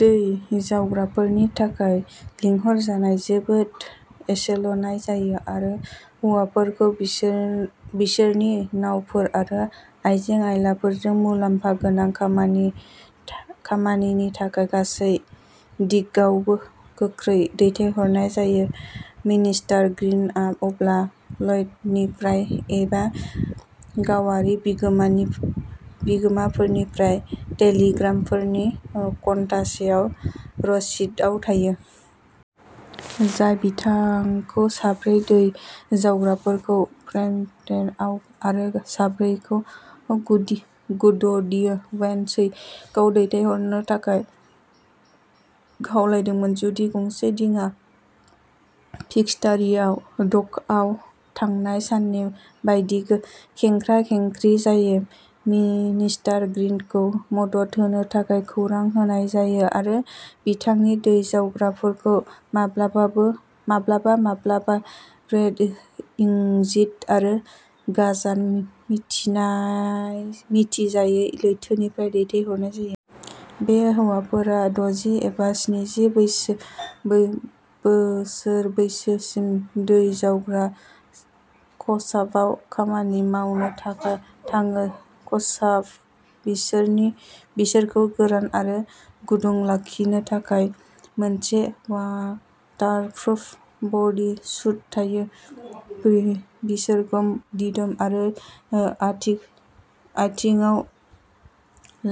दै जावग्राफोरनि थाखाय लिंहरजानाय जोबोद एसेल'नाय जायो आरो हौवाफोरखौ बिसोरनि नावफोर आरो आइजें-आइलाफोरजों मुलाम्फा गोनां खामानिनि थाखाय गासै दिगावबो गोख्रै दैथायहरनाय जायो। मिस्टार ग्रीनआ अब्ला ल'यड्सनिफ्राय एबा गावारि बिगोमाफोरनिफ्राय टेलिग्रामफोरनि घन्टासेआव रसिदआव थायो। जाय बिथांखौ साब्रै दै जावग्राफोरखौ म'ल्फ्रेआव आरो साब्रैखौ गुडविन सैंडआव दैथायहरनो थाखाय खावलायदोंमोन। जुदि गंसे दिङा भिक्ट'रिया डकआव थांनाय साननि बायदि खेंख्रा-खेंख्रि जायो। मिस्टार ग्रीनखौ मदद होनो थाखाय खौरां होनाय जायो आरो बिथांनि दै जावग्राफोरखौ माब्लाबा-माब्लाबा वेस्ट इंडिज आरो गोजान मिथिजायै लैथोनिफ्राय दैथायहरनाय जायो। बे हौवाफोरा दजि एबा स्निजि बोसोर बैसोसिम दै जावग्रा खसाबाव खामानि मावनो थाङो। खसाबाव बिसोरखौ गोरान आरो गुदुं लाखिनो थाखाय मोनसे वाटारप्रुफ बडी सुट थायो। बिसोरखौ दिदोम आरो आथिंआव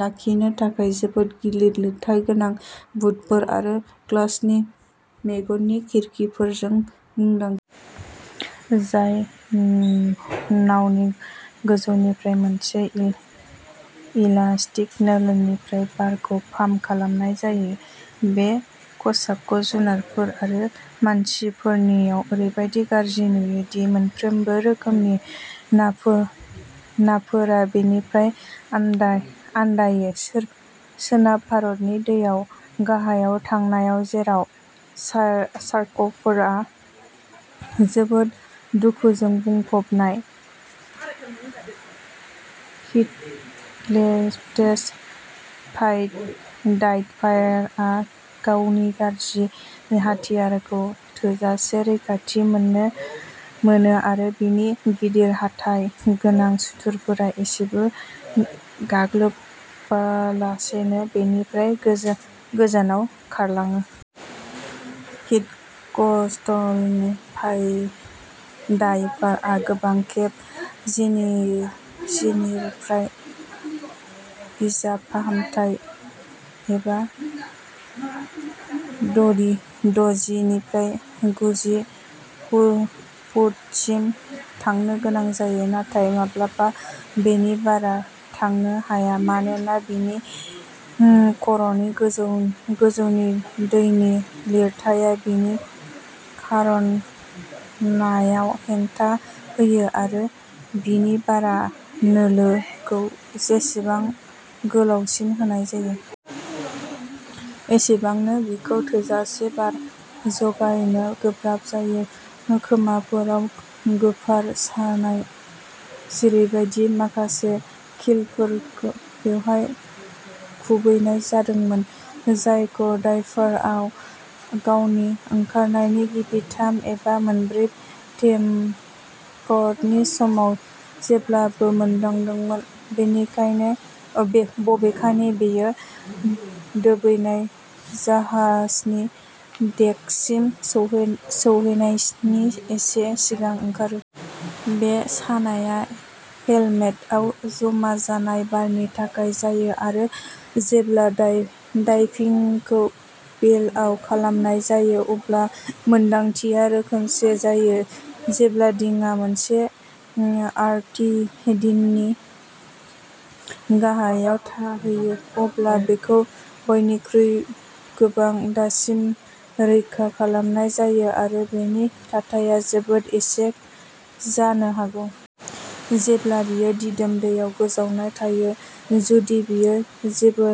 लाखिनो थाखाय जोबोद गिलिर लिरथाय गोनां बुटफोर आरो ग्लासनि मेगननि खिरखिफोरजों मुंदांखा हेलमेट थायो। जाय नावनि गोजौनिफ्राय मोनसे इलास्टिक नोलिनिफ्राय बारखौ पाम्प खालामनाय जायो। बे खसाबखौ जुनारफोर आरो मानसिफोरनाव ओरैबादि गाज्रि नुयो दि मोनफ्रोमबो रोखोमनि नाफोरा बेनिफ्राय आनदायो। सोनाब भारतनि दैयाव गाहायाव थांनायाव जेराव शार्कफोरा जोबोद दुखुजों बुंफबनाय हिटस्टेबल डाइभारआ गावनि गाज्रि हाथियारखौ थोजासे रैखाथि मोनो आरो बिनि गिदिर हाथाइ गोनां सुथुरफोरा एसेबो गाग्लोबालासेनो बेनिफ्राय गोजानाव खारलाङो। हिटस्टेबल डाइभारआ गोबां खेब जिनिफ्राय जिबा फाथम एबा दजिनिफ्राय जिगु फुटसिम थांनो गोनां जायो। नाथाय माब्लाबा बेनि बारा थांनो हाया मानोना बिनि खर'नि गोजौनि दैनि लिरथाया बिनि खारनायाव हेंथा होयो आरो बिनि बार नोलिखौ जेसेबां गोलावसिन होनाय जायो। एसेबांनो बिखौ थोजासे बार जगायनो गोब्राब जायो। खोमाफोराव गोफार सानाय जेरैबादि। माखासे किलफोरखौ बेयाव खुबैनाय जादोंमोन। जायखौ डायभारआ गावनि ओंखारनायनि गिबि थाम एबा मोनब्रै फेथमनि समाव जेब्लाबो मोनदांदोंमोन। बबेखानि बेयो दोबैनाय जाहाजनि डेकसिम सौहैनायनि एसे सिगां ओंखारो। बे सानाया हेलमेटआव जमा जानाय बारनि थाखाय जायो आरो जेब्ला डाइभिंखौ बेलआव खालामनाय जायो अब्ला मोन्दांथिया रोखोमसे जायो। जेब्ला दिङा मोनसे आइन्डीनि गाहायाव थाहैयो अब्ला बेखौ बायनायनिफ्राय गोबां दानसिम रैखा खालामनाय जायो आरो बेनि थाथाया जोबोद एखे जानो हागौ। जेब्ला बेयो दिदोम दैयाव गोजावना थायो जुदि बेयो जेबो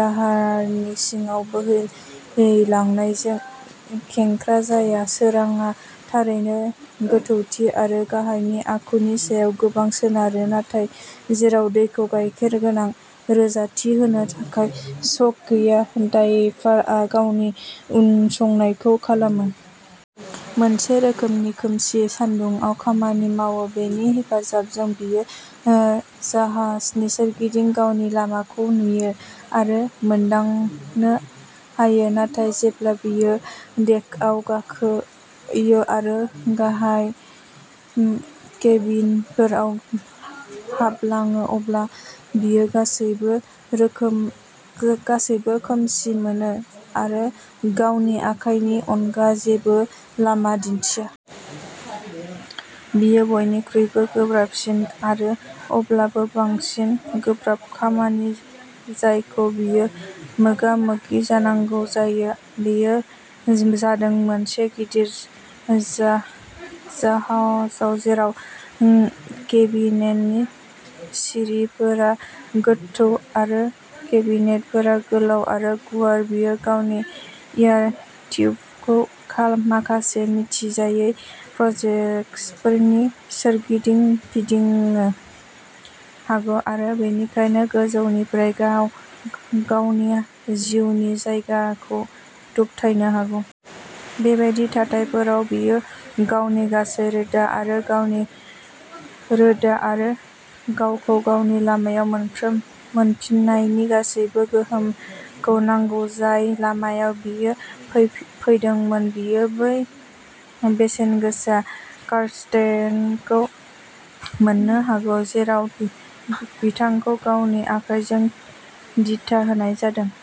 दाहारनि सिङाव बोहैलांनायजों खेंख्रा जाया। सोरांआ थारैनो गोथौथि आरो गाहायनि आखुनि सायाव गोबां सोनारो। नाथाय जेराव दैखौ गायखेर गोनां रोजाथि होनो थाखाय चक गैया डायभारआ गावनि उनसंनायखौ खालामो। मोनसे रोखोमनि खोमसि सान्दुंआव खामानि मावो। बेनि हेफाजाबजों बियो जाहाजनि सोरगिदिं गावनि लामाखौ नुनो आरो मोनदांनो हायो। नाथाय जेब्ला बियो डेकआव गाखोयो आरो गाहाय केबिनफोराव हाबलाङो अब्ला बियो गासैबो खोमसि मोनो आरो गावनि आखाइनि अनगा जेबो लामा दिन्थिया। बेयो बयनिख्रुइबो गोब्राबसिन आरो अब्लाबो बांसिन गोब्राब खामानि जायखौ बियो मोगा-मोगि जानांगौ जायो। बेयो जादों मोनसे गिदिर जाहाजाव जेराव केबिननि सिरिफोरा गोथौ आरो केबिनफोरा गोलाव आरो गुवार। बियो गावनि एयार टिउबखौ माखासे मिथिजायै प्रजेकसननि सोरगिदिं फिदिंनो हागौ आरो बेनिखायनो गोजौनिफ्राय गावनि जिउनि जगायनायखौ दबथायनो हागौ। बेबादि थाथायफोराव बियो गावनि गासै रोदा आरो गावखौ गावनि लामायाव मोनफिननायनि गासैबो गोहोखौ नांगौ। जाय लामायाव बियो फैदोंमोन। बियो बै बेसेनगोसा कास्केटखौ मोननो हागौ। जेराव बिथांखौ गावनि आखायजों दिथा होनाय जादों।